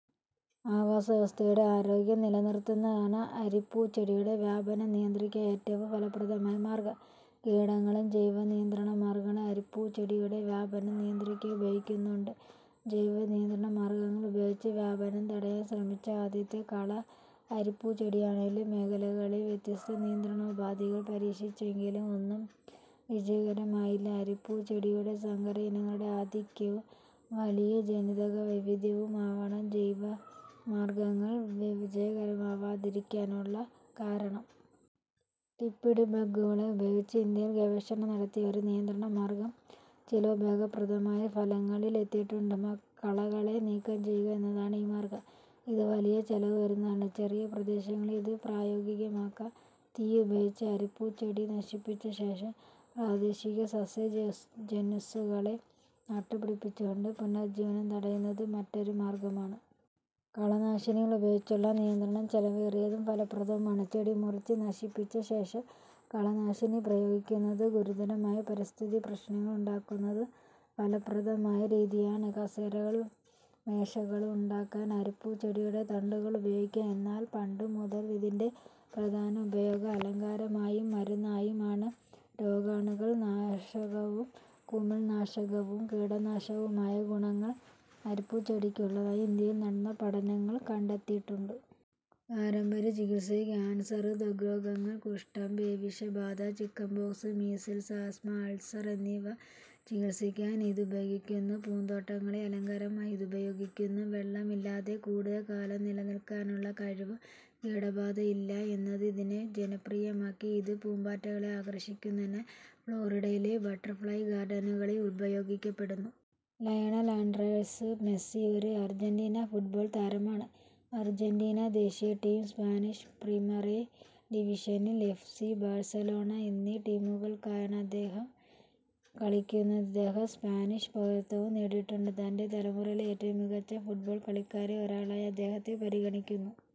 ആവാസവ്യവസ്ഥയുടെ ആരോഗ്യം നിലനിർത്തുന്നതാണ് അരിപ്പൂച്ചെടിയുടെ വ്യാപനം നിയന്ത്രിക്കാൻ ഏറ്റവും ഫലപ്രദമായ മാർഗം. കീടങ്ങളും ജൈവ നിയന്ത്രണ മാർഗങ്ങളും അരിപ്പൂച്ചെടിയുടെ വ്യാപനം നിയന്ത്രിക്കാൻ ഉപയോഗിക്കുന്നുണ്ട്. ജൈവ നിയന്ത്രണമാർഗങ്ങൾ ഉപയോഗിച്ച് വ്യാപനം തടയാൻ ശ്രമിച്ച ആദ്യത്തെ കള അരിപ്പൂച്ചെടിയാണെങ്കിലും മേഖലകളിൽ വ്യത്യസ്ത നിയന്ത്രണോപാധികൾ പരീക്ഷിച്ചെങ്കിലും ഒന്നും വിജയകരമായില്ല. അരിപ്പൂച്ചെടിയുടെ സങ്കരയിനങ്ങളുടെ ആധിക്യവും വലിയ ജനിതകവൈവിധ്യവുമാവണം ജൈവ മാർഗങ്ങൾ വിജയകരമാവാതിരിക്കാനുള്ള കാരണം. ടിപ്പിഡ് ബഗ്ഗുകളെ ഉപയോഗിച്ച് ഇന്ത്യയിൽ ഗവേഷണം നടത്തിയ ഒരു നിയന്ത്രണ മാർഗം ചില ഉപയോഗപ്രദമായ ഫലങ്ങളിൽ എത്തിയിട്ടുണ്ട്. കളകളെ നീക്കം ചെയ്യുക എന്നതാണ് ഈ മാർഗം. ഇത് വലിയ ചെലവു വരുന്നതാണ്. ചെറിയ പ്രദേശങ്ങളിൽ ഇത് പ്രായോഗികമാക്കാം. തീ ഉപയോഗിച്ച് അരിപ്പൂച്ചെടി നശിപ്പിച്ചശേഷം പ്രാദേശിക സസ്യജനുസ്സുകളെ നട്ടുപിടിപ്പിച്ചുകൊണ്ട് പുനർജീവനം തടയുന്നത് മറ്റൊരു മാർഗ്ഗമാണ്. കളനാശിനികൾ ഉപയോഗിച്ചുള്ള നിയന്ത്രണം ചെലവേറിയതും ഫലപ്രദവുമാണ്. ചെടി മുറിച്ച് നശിപ്പിച്ചശേഷം കളനാശിനി പ്രയോഗിക്കുന്നത് ഗുരുതരമായ പരിസ്ഥിതി പ്രശ്നങ്ങൾ ഉണ്ടാക്കുന്നതും ഫലപ്രദവുമായ രീതിയാണ്. കസേരകളും മേശകളും ഉണ്ടാക്കാൻ അരിപ്പൂച്ചെടിയുടെ തണ്ടുകൾ ഉപയോഗിക്കാം. എന്നാൽ പണ്ടുമുതൽ ഇതിന്റെ പ്രധാന ഉപയോഗം അലങ്കാരമായും മരുന്നായും ആണ്. രോഗാണു നാശകവും, കുമിൾനാശകവും, കീടനാശകവുമായ ഗുണങ്ങൾ അരിപ്പൂച്ചെടിക്ക് ഉള്ളതായി ഇന്ത്യയിൽ നടന്ന പഠനങ്ങൾ കണ്ടെത്തിയിട്ടുണ്ട്. പാരമ്പര്യ ചികിത്സയിൽ കാൻസർ, ത്വഗ്രോഗങ്ങൾ, കുഷ്ഠം, പേവിഷബാധ, ചിക്കൻപോക്സ്, മീസിൽസ്, ആസ്ത്മ, അൾസർ എന്നിവ ചികിത്സിക്കാൻ ഇത് ഉപയോഗിക്കുന്നു. പൂന്തോട്ടങ്ങളിൽ അലങ്കാരമായി ഇത് ഉപയോഗിക്കുന്നു. വെള്ളം ഇല്ലാതെ കൂടുതൽ കാലം നിലനിൽക്കാനുള്ള കഴിവും, കീടബാധ ഇല്ല എന്നതും ഇതിനെ ജനപ്രിയമാക്കി.. ഇത് പൂമ്പാറ്റകളെ ആകർഷിക്കുന്നതിനാൽ ഫ്ലോറിഡയിലെ ബട്ടർഫ്ലൈ ഗാർഡനുകളിൽ ഉപയോഗിക്കപ്പെടുന്നു. ലയണൽ ആൻഡ്രെസ് മെസ്സി ഒരു അർജെന്റീന ഫുട്ബോൾ താരമാണ്. അർജന്റീന ദേശീയ ടീം, സ്പാനിഷ് പ്രിമേറ ഡിവിഷനിൽ എഫ്. സി. ബാഴ്സലോണ എന്നീ ടീമുകൾക്കായാണ് ഇദ്ദേഹം കളിക്കുന്നത്. ഇദ്ദേഹം സ്പാനിഷ് പൗരത്വവും നേടിയിട്ടുണ്ട്. തന്റെ തലമുറയിലെ ഏറ്റവും മികച്ച ഫുട്ബോൾ കളിക്കാരിൽ ഒരാളായി അദ്ദേഹത്തെ പരിഗണിക്കുന്നു.